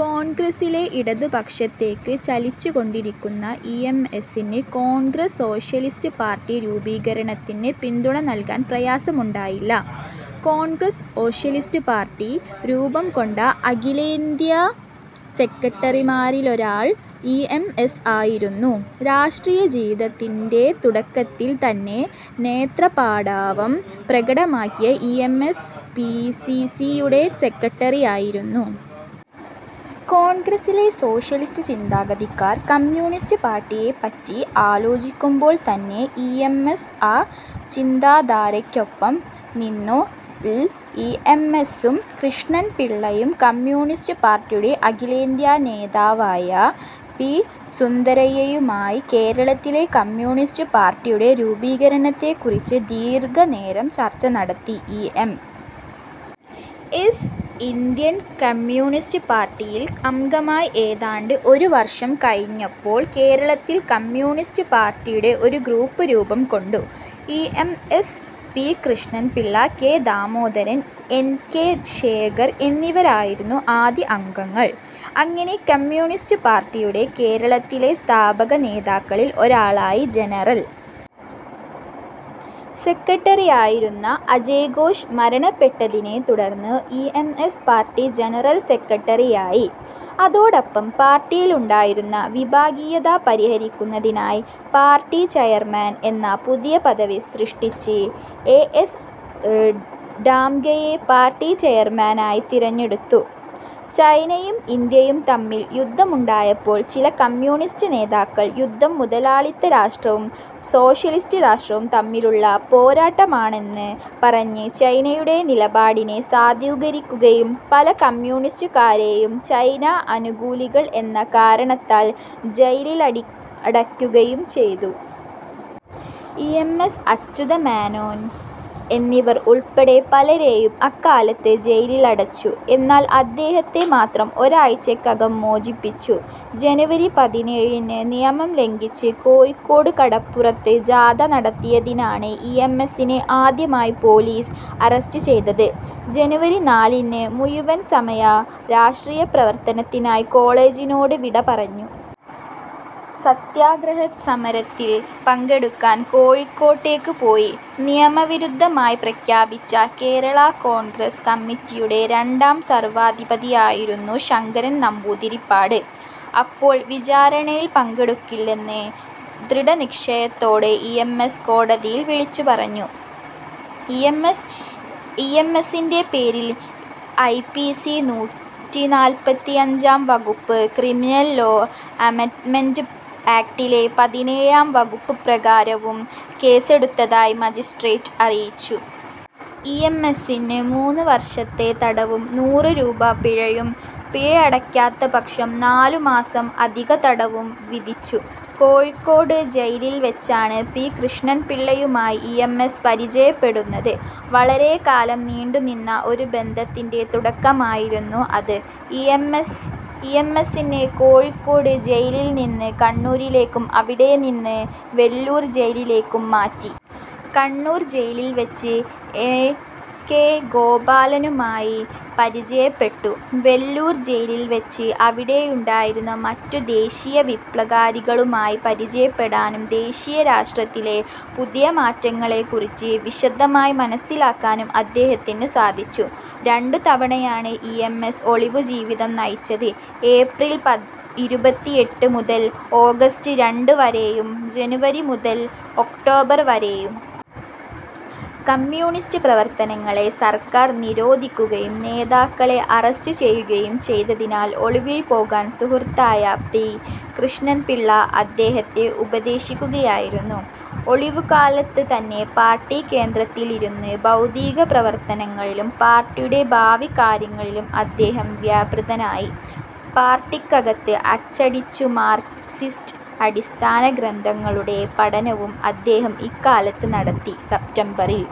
കോൺഗ്രസ്സിലെ ഇടതുപക്ഷത്തേക്ക് ചലിച്ചുകൊണ്ടിരുന്ന E. M. എസ്സിന് കോൺഗ്രസ് സോഷ്യലിസ്റ്റ് പാർട്ടി രൂപീകരണത്തിന് പിന്തുണ നൽകാൻ പ്രയാസമുണ്ടായില്ല. കോൺഗ്രസ് സോഷ്യലിസ്റ്റ് പാർട്ടി രൂപംകൊണ്ടപ്പോൾ അതിൻ്റെഅഖിലേന്ത്യാ സെക്രട്ടറിമാരിലൊരാൾ ഇ. എം. എസ്സായിരുന്നു. രാഷ്ട്രീയ ജീവിതത്തിൻ്റെതുടക്കത്തിൽത്തന്നെ നേതൃപാടവം പ്രകടമാക്കിയ E. M. S. P. C. C. യുടെ സെക്രട്ടറിയായിരുന്നു. കോൺഗ്രസിലെ സോഷ്യലിസ്റ്റ് ചിന്താഗതിക്കാർ കമ്മ്യൂണിസ്റ്റ് പാർട്ടിയെപ്പറ്റി ആലോചിക്കുമ്പോൾത്തന്നെ ഇ. എം. എസ്. ആ ചിന്താധാരയ്ക്കൊപ്പം നിന്നു. ൽ ഇ. എം. എസ്സും പി. കൃഷ്ണപിള്ളയും കമ്മ്യൂണിസ്റ്റ് പാർട്ടിയുടെ അഖിലേന്ത്യാ നേതാവായ പി. സുന്ദരയ്യയുമായി കേരളത്തിലെ കമ്മ്യൂണിസ്റ്റ് പാർട്ടിയുടെ രൂപീകരണത്തെക്കുറിച്ച് ദീർഘനേരം ചർച്ച നടത്തി. E. M. S. Indian communist പാർട്ടിയിൽ അംഗമായി. ഏതാണ്ട് ഒരു വർഷം കഴിഞ്ഞപ്പോൾ കേരളത്തിൽ കമ്മ്യൂണിസ്റ്റ് പാർട്ടിയുടെ ഒരു ഗ്രൂപ്പ് രൂപംകൊണ്ടു. E. M. S., P. Krishna Pillai, K. Damodaran, N. K. Sekhar എന്നിവരായിരുന്നു ആദ്യ അംഗങ്ങൾ. അങ്ങനെ കമ്മ്യൂണിസ്റ്റ് പാർട്ടിയുടെ കേരളത്തിലെ സ്ഥാപക നേതാക്കളിൽ ഒരാളായി. ജനറൽ സെക്രട്ടറിയായിരുന്ന അജയഘോഷ് മരണപ്പെട്ടതിനെ തുടർന്ന് E. M. S. Party general സെക്രട്ടറിയായി. അതോടൊപ്പം പാർട്ടിയിലുണ്ടായിരുന്ന വിഭാഗീയത പരിഹരിക്കുന്നതിനായി പാർട്ടി ചെയർമാൻ എന്ന പുതിയ പദവി സൃഷ്ടിച്ച് എ. എസ്. ഡാംഗെയെ പാർട്ടി ചെയർമാനായി തിരഞ്ഞെടുത്തു. ചൈനയും ഇന്ത്യയും തമ്മിൽ യുദ്ധമുണ്ടായപ്പോൾ ചില കമ്മ്യൂണിസ്റ്റ് നേതാക്കൾ യുദ്ധം മുതലാളിത്ത രാഷ്ട്രവും സോഷ്യലിസ്റ്റ് രാഷ്ട്രവും തമ്മിലുള്ള പോരാട്ടമാണെന്ന് പറഞ്ഞ് ചൈനയുടെ നിലപാടിനെ സാധൂകരിക്കുകയും പല കമ്മ്യൂണിസ്റ്റുകാരെയും ചൈന അനുകൂലികൾ എന്ന കാരണത്താൽ ജയിലിലടക്കുകയും ചെയ്തു. E. M. S., Achutha Menon എന്നിവർ ഉൾപ്പെടെ പലരെയും അക്കാലത്ത് ജയിലിലടച്ചു. എന്നാൽ അദ്ദേഹത്തെ മാത്രം ഒരാഴ്ചയ്ക്കകം മോചിപ്പിച്ചു. ജനുവരി പതിനേഴിന് നിയമം ലംഘിച്ച് കോഴിക്കോട് കടപ്പുറത്ത് ജാഥ നടത്തിയതിനാണ് ഇ. എം. എസ്സിനെ ആദ്യമായി പോലീസ് അറസ്റ്റ് ചെയ്തത്. ജനുവരി നാലിന് മുഴുവൻ സമയ രാഷ്ട്രീയ പ്രവർത്തനത്തിനായി കോളേജിനോട് വിടപറഞ്ഞു. സത്യഗ്രഹ സമരത്തിൽ പങ്കെടുക്കാൻ കോഴിക്കോട്ടേക്ക് പോയി. നിയമവിരുദ്ധമായി പ്രഖ്യാപിച്ച കേരള കോൺഗ്രസ് കമ്മിറ്റിയുടെ രണ്ടാം സർവാധിപതിയായിരുന്നു ശങ്കരൻ നമ്പൂതിരിപ്പാട് അപ്പോൾ. വിചാരണയിൽ പങ്കെടുക്കുന്നില്ലെന്ന് ദൃഢനിശ്ചയത്തോടെ ഇ. എം. എസ്. കോടതിയിൽ വിളിച്ചുപറഞ്ഞു. ഇ. എം. എസ്സിൻ്റെപേരിൽ ഐ. പി. സി. നൂറ്റിനാൽപ്പത്തിയഞ്ചാം വകുപ്പും ക്രിമിനൽ ലോ അമെൻഡ്മെന്റ് ആക്ടിലെ പതിനേഴാം വകുപ്പുപ്രകാരവും കേസെടുത്തതായി മജിസ്ട്രേറ്റ് അറിയിച്ചു. ഇ. എം. എസ്സിന് മൂന്ന് വർഷത്തെ തടവും നൂറു രൂപ പിഴയും, പിഴയടയ്ക്കാത്ത പക്ഷം നാലുമാസം അധിക തടവും വിധിച്ചു. കോഴിക്കോട് ജയിലിൽവെച്ചാണ് പി. കൃഷ്ണപിള്ളയുമായി ഇ. എം. എസ്. പരിചയപ്പെടുന്നത്. വളരെക്കാലം നീണ്ടുനിന്ന ഒരു ബന്ധത്തിൻ്റെതുടക്കമായിരുന്നു അത്. ഇ. എം. എസ്സിനെ കോഴിക്കോട് ജയിലിൽനിന്ന് കണ്ണൂരിലേക്കും അവിടെനിന്ന് വെല്ലൂർ ജയിലിലേക്കും മാറ്റി. കണ്ണൂർ ജയിലിൽവെച്ച് എ. കെ. ഗോപാലനുമായി പരിചയപ്പെട്ടു. വെല്ലൂർ ജയിലിൽവെച്ച് അവിടെയുണ്ടായിരുന്ന മറ്റു ദേശീയ വിപ്ലവകാരികളുമായി പരിചയപ്പെടാനും ദേശീയ രാഷ്ട്രീയത്തിലെ പുതിയ മാറ്റങ്ങളെക്കുറിച്ച് വിശദമായി മനസ്സിലാക്കാനും അദ്ദേഹത്തിന് സാധിച്ചു. രണ്ടുതവണയാണ് ഇ. എം. എസ്. ഒളിവുജീവിതം നയിച്ചത്. ഏപ്രിൽ ഇരുപത്തിയെട്ട് മുതൽ ഓഗസ്റ്റ് രണ്ട് വരെയും ജനുവരി മുതൽ ഒക്ടോബർ വരെയും. കമ്മ്യൂണിസ്റ്റ് പ്രവർത്തനങ്ങളെ സർക്കാർ നിരോധിക്കുകയും നേതാക്കളെ അറസ്റ്റ് ചെയ്യുകയും ചെയ്തതിനാൽ ഒളിവിൽ പോകാൻ സുഹൃത്തായ പി. കൃഷ്ണപിള്ള അദ്ദേഹത്തെ ഉപദേശിക്കുകയായിരുന്നു. ഒളിവുകാലത്ത് തന്നെ പാർട്ടി കേന്ദ്രത്തിലിരുന്ന് ബൗദ്ധിക പ്രവർത്തനങ്ങളിലും പാർട്ടിയുടെ ഭാവികാര്യങ്ങളിലും അദ്ദേഹം വ്യാപൃതനായി. പാർട്ടിക്കത്ത് അച്ചടിച്ചു. മാർക്സിസ്റ്റ് അടിസ്ഥാന ഗ്രന്ഥങ്ങളുടെ പഠനവും അദ്ദേഹം ഇക്കാലത്ത് നടത്തി. സെപ്റ്റംബറിൽ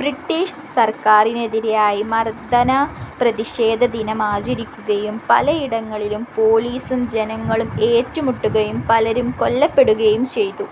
ബ്രിട്ടീഷ് സർക്കാരിനെതിരായി മർദന പ്രതിഷേധ ദിനമാചരിക്കുകയും പലയിടങ്ങളിലും പോലീസും ജനങ്ങളും ഏറ്റുമുട്ടുകയും പലരും കൊല്ലപ്പെടുകയും ചെയ്തു.